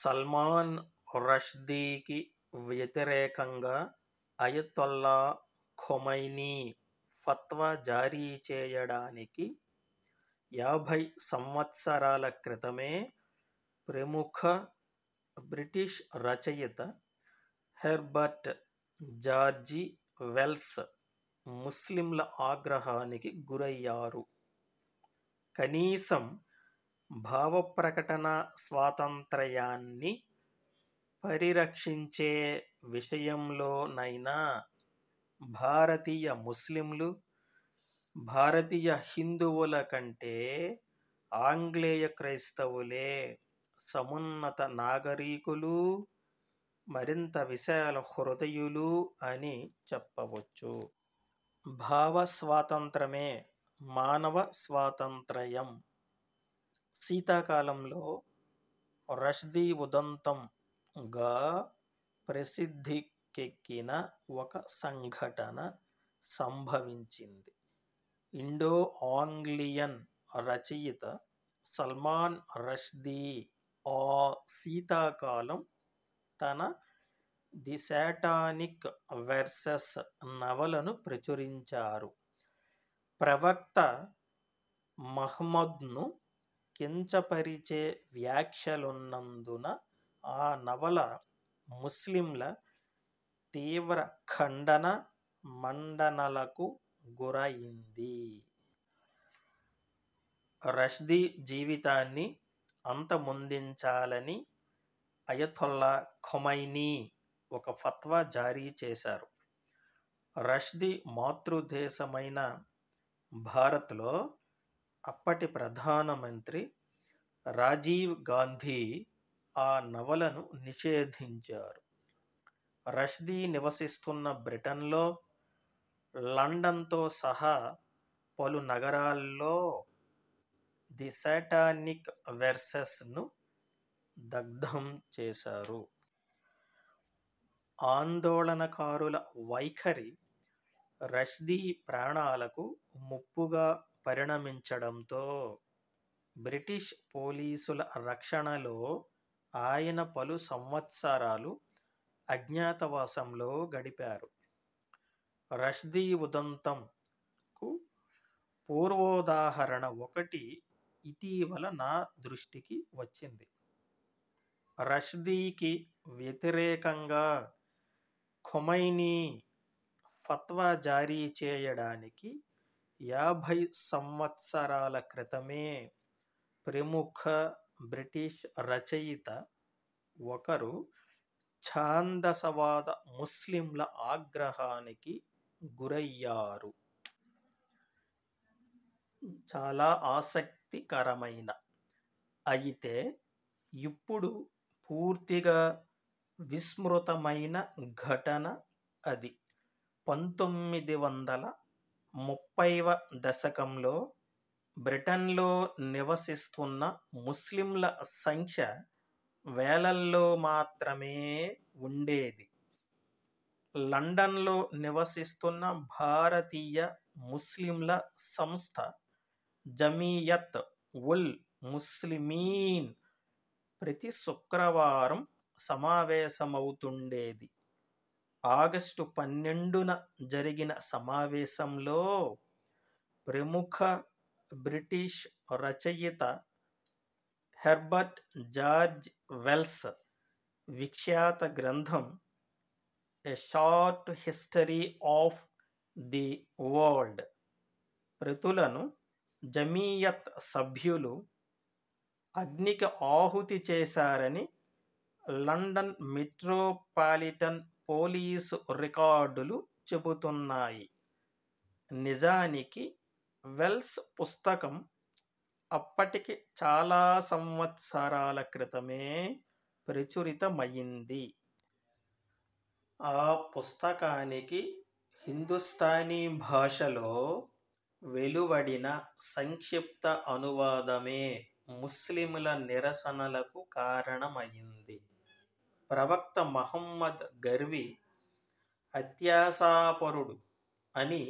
సల్మాన్ రష్దీకి వ్యతిరేకంగా Ayatollah Khomeini fatwa జారీ చేయడానికి యాభై సంవత్సరాల క్రితమే ప్రముఖ బ్రిటిష్ రచయిత హెర్బర్ట్ జార్జి వెల్స్ ముస్లింల ఆగ్రహానికి గురయ్యారు. కనీసం భావ ప్రకటనా స్వాతంత్రయాన్ని పరిరక్షించే విషయంలో నైనా భారతీయ ముస్లింలు, భారతీయ హిందువుల కంటే ఆంగ్లేయ క్రైస్తవులే సమున్నత నాగరీకులూ, మరింత విశాల హృదయులూ అని చెప్పవచ్చు. భావ స్వాతంత్రమే మానవ స్వాతంత్రయం. శీతాకాలంలో, 'రష్దీ ఉదంతం'గా ప్రసిద్ధి కెక్కిన ఒక సంఘటన సంభవించింది ఇండో ఆంగ్లియన్ రచయిత సల్మాన్ రష్దీ ఆ శీతాకాలం తన 'ది శాటానిక్ వెర్సెస్' నవలను ప్రచురించారు. ప్రవక్త మహ్మద్ను కించ పరిచే వ్యాఖ్యలున్నందున ఆ నవల ముస్లింల తీవ్ర ఖండన మండనలకు గుర యింది. రష్దీ జీవితాన్ని అంత మొందించాలని అయతొల్లా ఖొమైనీ ఒక ఫత్వా జారీ చేశారు. రష్దీ మాతృదేశమైన భారత్లో, అప్పటి ప్రధాన మంత్రి రాజీవ్ గాంధీ ఆ నవలను నిషేధించారు. రష్దీ నివసిస్తున్న బ్రిటన్లో, లండన్తో సహా పలు నగరాల్లో 'ది శాటానిక్ వెర్సెస్'ను దగ్ధం చేశారు. ఆందోళనకారుల వైఖరి రష్దీ ప్రాణాలకు ముప్పుగా పరిణమించడంతో, బ్రిటిష్ పోలీసుల రక్షణలో ఆయన పలు సంవత్సరాలు అజ్ఞాత వాసంలో గడిపారు. 'రష్దీ ఉదంతం'కు పూర్వోదాహరణ ఒకటి ఇటీవల నా దృష్టికి వచ్చింది. రష్దీకి వ్యతిరేకంగా ఖొమైనీ ఫత్వా జారీ చేయడానికి యాభై సంవత్సరాల క్రితమే ప్రముఖ బ్రిటిష్ రచయిత ఒకరు ఛాందస వాద ముస్లింల ఆగ్రహానికి గురయ్యారు. చాలా ఆసక్తి కరమైన, అయితే ఇప్పుడు పూర్తిగా విస్మృతమైన ఘటన అది. పంతొమ్మిది వందల ముప్పైవ దశకంలో బ్రిటన్లో నివసిస్తున్న ముస్లింల సంఖ్య వేలల్లో మాత్రమే వుండేది లండన్లో నివసిస్తున్న భారతీయ ముస్లింల సంస్థ జమీయత్ ఉల్ ముస్లిమీన్ ప్రతి శుక్రవారం సమావేశమవుతుండేది. ఆగస్టు పన్నెండున జరిగిన సమావేశంలో, ప్రముఖ బ్రిటిష్ రచయిత హెర్బర్ట్ జార్జి వెల్స్ విఖ్యాత గ్రంథం 'a short history of the world' ప్రతులను జమీయత్ సభ్యులు అగ్నికి ఆహుతి చేశారని లండన్ మెట్రో పాలిటన్ పోలీసు రికార్డులు చెబుతున్నాయి నిజానికి వెల్స్ పుస్తకం అప్పటికి చాలా సంవత్సరాల క్రితమే ప్రచురిత మయింది. ఆ పుస్తకానికి హిందుస్థానీ భాషలో వెలువడిన సంక్షిప్త అనువాదమే ముస్లింల నిరసనలకు కారణమయింది. ప్రవక్త మహమ్మద్ గర్వి, అత్యాశాపరుడు అని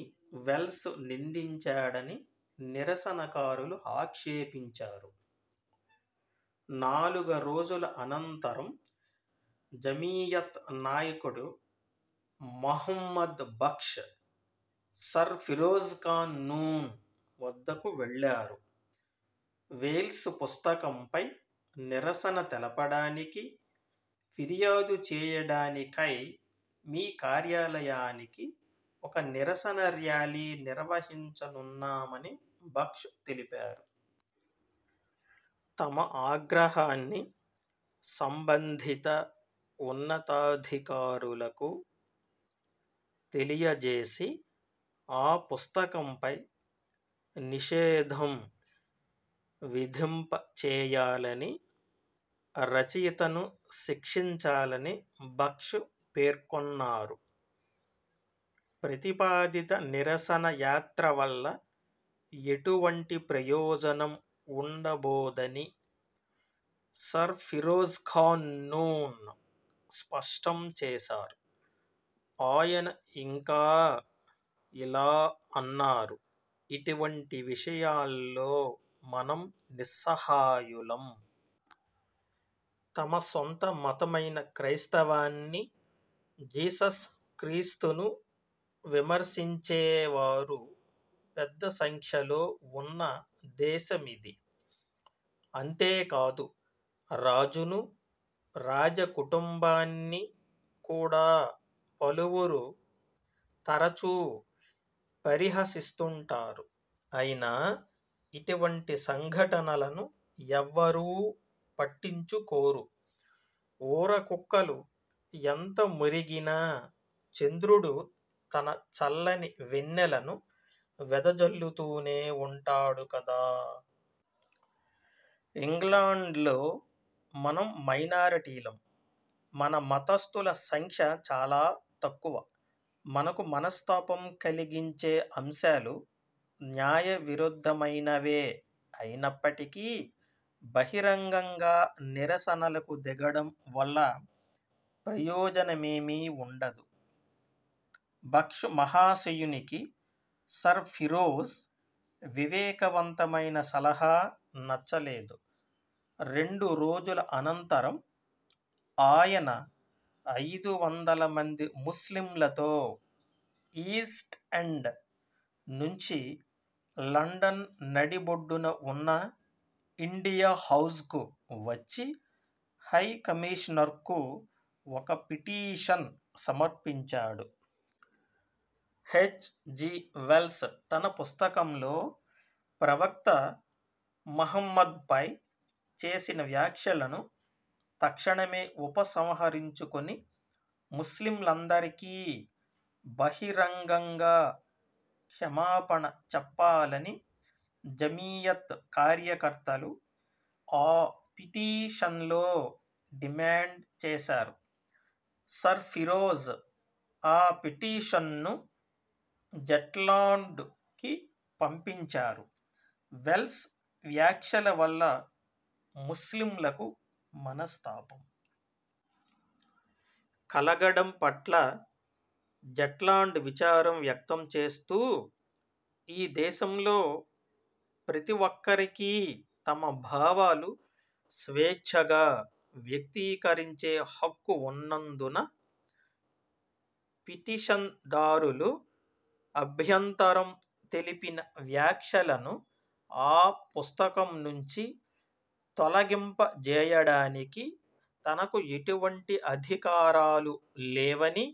వెల్స్ నిందించాడని నిరసనకారులు ఆక్షేపించారు. నాలుగు రోజుల అనంతరం జమీయత్ నాయకుడు మొహమ్మద్ బక్ష్ సర్ ఫిరోజ్ఖాన్ నూన్ వద్దకు వెళ్ళారు. వేల్స్ పుస్తకంపై నిరసన తెలుపడానికి, ఫిర్యాదు చేయడాని కై మీ కార్యాలయానికి ఒక నిరసన ర్యాలీ నిర్వహించనున్నామని బక్ష్ తెలిపారు. తమ ఆగ్రహాన్ని సంబంధిత ఉన్నతాధికారులకు తెలియ జేసి, ఆ పుస్తకంపై నిషేధం విధింప చేయాలని, రచయితను శిక్షించాలని బక్ష్ పేర్కొన్నారు. 'ప్రతిపాదిత నిరసన యాత్ర వల్ల ఎటువంటి ప్రయోజనం వుండబోదని' సర్ ఫిరోజ్ ఖాన్ నూన్ స్పష్టం చేశారు. ఆయన ఇంకా ఇలా అన్నారు ఇటువంటి విషయాల్లో మనం నిస్సహాయులం. తమ సొంత మతమైన క్రైస్తవాన్ని, జీసస్ క్రీస్తును విమర్శించే వారు పెద్ద సంఖ్యలో వున్న దేశమిది. అంతేకాదు, రాజును, రాజ కుటుంబాన్ని కూడా పలువురు తరచూ పరిహసిస్తుంటారు. అయినా ఇటువంటి సంఘటలను ఎవ్వరూ పట్టించుకోరు. ఊర కుక్కలు ఎంత మొరిగినా చంద్రుడు తన చల్లని వెన్నెలను వెద జల్లుతూనే వుంటాడు కదా. ఇంగ్లాండ్లో మనం మైనారిటీలం. మన మతస్థుల సంఖ్య చాలా తక్కువ. మనకు మనస్తాపం కలిగించే అంశాలు న్యాయ విరుద్ధమైనవే అయినప్పటికీ బహిరంగంగా నిరసనలకు దిగడం వల్ల ప్రయోజన మేమీ వుండదు. బక్ష్ మహాశయునికి సర్ ఫిరోజ్ వివేక వంతమైన సలహా నచ్చలేదు. రెండు రోజుల అనంతరం ఆయన, ఐదు వందల మంది ముస్లింలతో ఈస్ట్ ఎండ్ నుంచి లండన్ నడి బొడ్డున వున్న ఇండియా హౌజ్కు వచ్చి హై కమిషనర్కు ఒక పిటీషన్ సమర్పించాడు. హెచ్. జి. వెల్స్ తన పుస్తకంలో ప్రవక్త మహమ్మద్పై చేసిన వ్యాఖ్యలను తక్షణమే ఉపసంహరించుకొని, ముస్లింలందరికీ బహిరంగంగా క్షమాపణ చెప్పాలని జమీయత్ కార్యకర్తలు ఆ పిటీషన్లో డిమాండ్ చేశారు. సర్ ఫిరోజ్ ఆ పిటీషన్ను జెట్లాండ్ కి పంపించారు. వెల్స్ వ్యాఖ్యల వల్ల ముస్లింలకు మనస్తాపం కలగడం పట్ల జెట్లాండ్ విచారం వ్యక్తం చేస్తూ ఈ దేశంలో ప్రతి ఒక్కరికీ తమ భావాలు స్వేచ్ఛగా వ్యక్తీకరించే హక్కు వున్నందున, పిటిషన్ దారులు అభ్యంతరం తెలిపిన వ్యాఖ్యలను ఆ పుస్తకం నుంచి తొలగింప జేయడానికి తనకు ఎటువంటి అధికారాలు లేవని